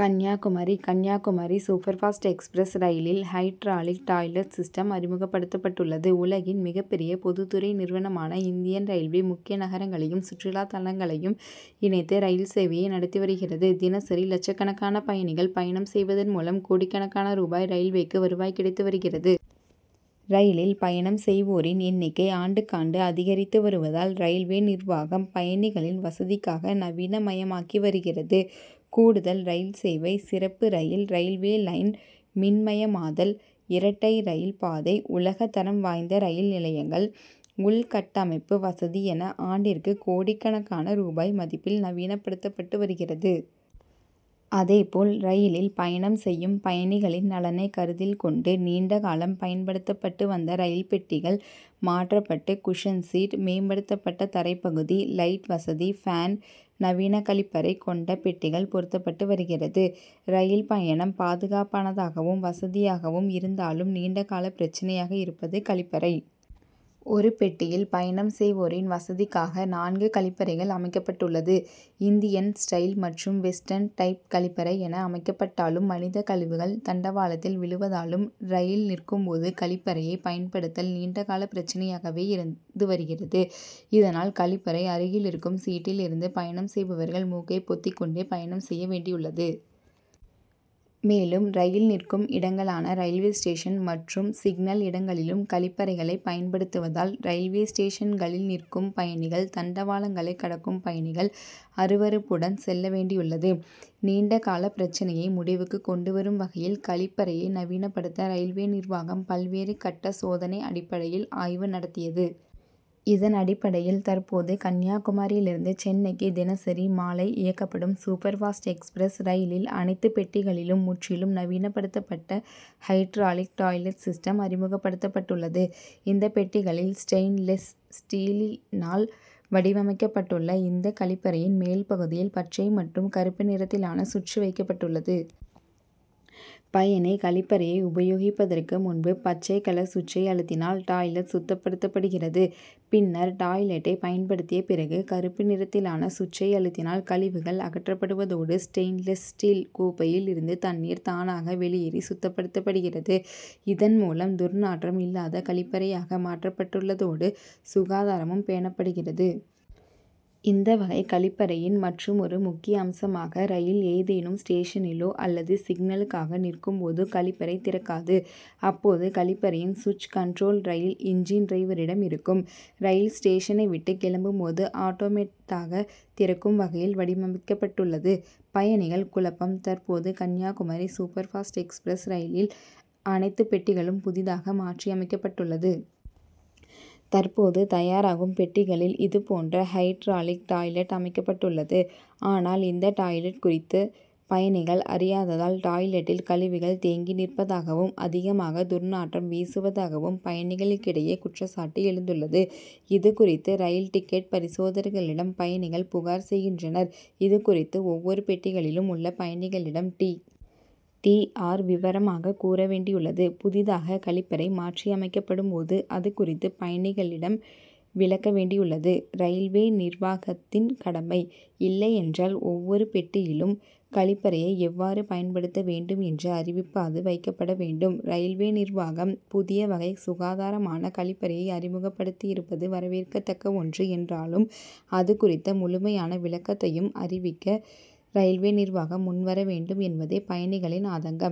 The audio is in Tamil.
Kanyakumari Kanyakumari super fast express ரயிலில் ஹைட்ராலிக் டாய்லெட் சிஸ்டம் அறிமுகப்படுத்தப் பட்டுள்ளது. உலகின் மிகப்பெரிய பொதுதுறை நிறுவனமான இந்தியன் ரயில்வே முக்கிய நகரங்களையும் சுற்றுலா தலங்களையும் இணைத்து ரயில் சேவையை நடத்தி வருகிறது. தினசரி லட்சக்கணக்கான பயணிகள் பயணம் செய்வதன் மூலம் கோடிக்கணக்கான ரூபாய் ரயில்வேக்கு வருவாய் கிடைத்து வருகிறது. ரயிலில் பயணம் செய்வோரின் எண்ணிக்கை ஆண்டுக்காண்டு அதிகரித்து வருவதால், ரயில்வே நிர்வாகம் பயணிகளின் வசதிக்காக நவீனமயமாக்கி வருகிறது. கூடுதல் ரயில்சேவை, சிறப்பு ரயில், ரயில்வே லைன் மின்மயமாதல், இரட்டை ரயில்பாதை, உலகதரம் வாய்ந்த ரயில் நிலையங்கள், உள்கட்டமைப்பு வசதி என ஆண்டிற்கு கோடிக்கணக்கான ரூபாய் மதிப்பில் நவீனபடுத்தப்பட்டு வருகிறது. அதேபோல் ரயிலில் பயணம் செய்யும் பயணிகளின் நலனை கருத்தில் கொண்டு நீண்டகாலம் பயன்படுத்தப்பட்டு வந்த ரயில் பெட்டிகள் மாற்றப்பட்டு குஷன் சீட், மேம்படுத்தப்பட்ட தரைபகுதி, லைட் வசதி, பேன், நவீன கழிப்பறை கொண்ட பெட்டிகள் பொருத்தப்பட்டு வருகிறது. ரயில் பயணம் பாதுகாப்பானதாகவும், வசதியாகவும் இருந்தாலும், நீண்டகால பிரச்னையாக இருப்பது கழிப்பறை. ஒரு பெட்டியில் பயணம் செய்வோரின் வசதிக்காக நான்கு கழிப்பறைகள் அமைக்கப்பட்டுள்ளது. இந்தியன் ஸ்டைல் மற்றும் வெஸ்டன் டைப் கழிப்பறை என அமைக்கப்பட்டாலும், மனித கழிவுகள் தண்டவாளத்தில் விழுவதாலும் ரயில் நிற்கும்போது கழிப்பறையை பயன்படுத்தல் நீண்டகால பிரச்னையாகவே இருந்து வருகிறது. இதனால் கழிப்பறை அருகில் இருக்கும் சீட்டில் இருந்து பயணம் செய்பவர்கள் மூக்கை பொத்திக்கொண்டே பயணம் செய்ய வேண்டியுள்ளது. மேலும் ரயில் நிற்கும் இடங்களான ரயில்வே ஸ்டேஷன் மற்றும் சிக்னல் இடங்களிலும் கழிப்பறைகளை பயன்படுத்துவதால், ரயில்வே ஸ்டேஷன்களில் நிற்கும் பயணிகள் தண்டவாளங்களை கடக்கும் பயணிகள் அருவருப்புடன் செல்ல வேண்டியுள்ளது. நீண்டகால பிரச்னையை முடிவுக்கு கொண்டுவரும் வகையில் கழிப்பறையை நவீனபடுத்த ரயில்வே நிர்வாகம் பல்வேறு கட்ட சோதனை அடிப்படையில் ஆய்வு நடத்தியது. இதனடிப்படையில் தற்போது கன்னியாகுமரியிலிருந்து சென்னைக்கு தினசரி மாலை இயக்கப்படும் சூப்பர் பாஸ்ட் எக்ஸ்பிரஸ் ரயிலில் அனைத்து பெட்டிகளிலும் முற்றிலும் நவீனபடுத்தப்பட்ட ஹைட்ராலிக் டாய்லெட் சிஸ்டம் அறிமுகப்படுத்தப் பட்டுள்ளது. இந்த பெட்டிகளில் ஸ்டெயின்லெஸ் ஸ்டீலினால் வடிவமைக்கப்பட்டுள்ள இந்த கழிப்பறையின் மேல் பகுதியில் பச்சை மற்றும் கறுப்பு நிறத்திலான சுவிட்ச் வைக்கப்பட்டுள்ளது. பயணி கழிப்பறையை உபயோகிப்பதற்கு முன்பு பச்சை கலர் சுவிட்சை அமுத்தினால் டாய்லெட் சுத்தப்படுத்தப்படுகிறது. பின்னர் டாய்லெட்டை பயன்படுத்திய பிறகு கறுப்பு நிறத்திலான சுவிட்சை அமுத்தினால் கழிவுகள் அகற்றப்படுவதோடு, ஸ்டெயின்லெஸ் ஸ்டீல் கோப்பையில் இருந்து தண்ணீர் தானாக வெளியேறி சுத்தப்படுத்தப்படுகிறது. இதன்மூலம் துர்நாற்றம் இல்லாத கழிப்பறையாக மாற்றப்பட்டுள்ளதோடு, சுகாதாரமும் பேணப்படுகிறது. இந்த வகை கழிப்பறையின் மற்றுமொரு முக்கிய அம்சமாக ரயில் ஏதேனும் ஸ்டேஷனிலோ அல்லது சிக்னலுக்காக நிற்கும்போதோ, கழிப்பறை திறக்காது. அப்போது கழிப்பறையின் சுவிட்ச் கண்ட்ரோல் ரயில் இன்ஜின் டிரைவரிடம் இருக்கும். ரயில் ஸ்டேஷனைவிட்டு கிளம்பும்போது ஆட்டோமேட்டாக திறக்கும் வகையில் வடிவமைக்கப்பட்டுள்ளது. பயணிகள் குழப்பம் தற்போது கன்னியாகுமரி சூப்பர் பாஸ்ட் எக்ஸ்பிரஸ் ரயிலில் அனைத்து பெட்டிகளும் புதிதாக மாற்றியமைக்கப்பட்டுள்ளது. தற்போது தயாராகும் பெட்டிகளில் இதுபோன்ற ஹைட்ராலிக் டாய்லெட் அமைக்கப்பட்டுள்ளது. ஆனால் இந்த டாய்லெட் குறித்து பயணிகள் அறியாததால் டாய்லெட்டில் கழிவுகள் தேங்கி நிற்பதாகவும், அதிகமாக துர்நாற்றம் வீசுவதாகவும் பயணிகளிடையே குற்றசாட்டு எழுந்துள்ளது. இதுகுறித்து ரயில் டிக்கெட் பரிசோதகர்களிடம் பயணிகள் புகார் செய்கின்றனர். இது குறித்து ஒவ்வொரு பெட்டிகளிலும் உள்ள பயணிகளிடம் டி. டி. ஆர். விபரமாக கூறவேண்டியுள்ளது. புதிதாக கழிப்பறை மாற்றியமைக்கப்படும்போது அது குறித்து பயணிகளிடம் விளக்க வேண்டியுள்ளது ரயில்வே நிர்வாகத்தின் கடமை. இல்லையென்றால் ஒவ்வொரு பெட்டியிலும் கழிப்பறையை எவ்வாறு பயன்படுத்தவேண்டும் என்ற அறிவிப்பாவது வைக்கப்பட வேண்டும். ரயில்வே நிர்வாகம் புதியவகை சுகாதாரமான கழிப்பறையை அறிமுகப்படுத்தியிருப்பது வரவேற்கதக்க ஒன்று என்றாலும் அது குறித்த முழுமையான விளக்கத்தையும் அறிவிக்க ரயில்வே நிர்வாகம் முன்வரவேண்டும் என்பதே பயணிகளின் ஆதங்கம்.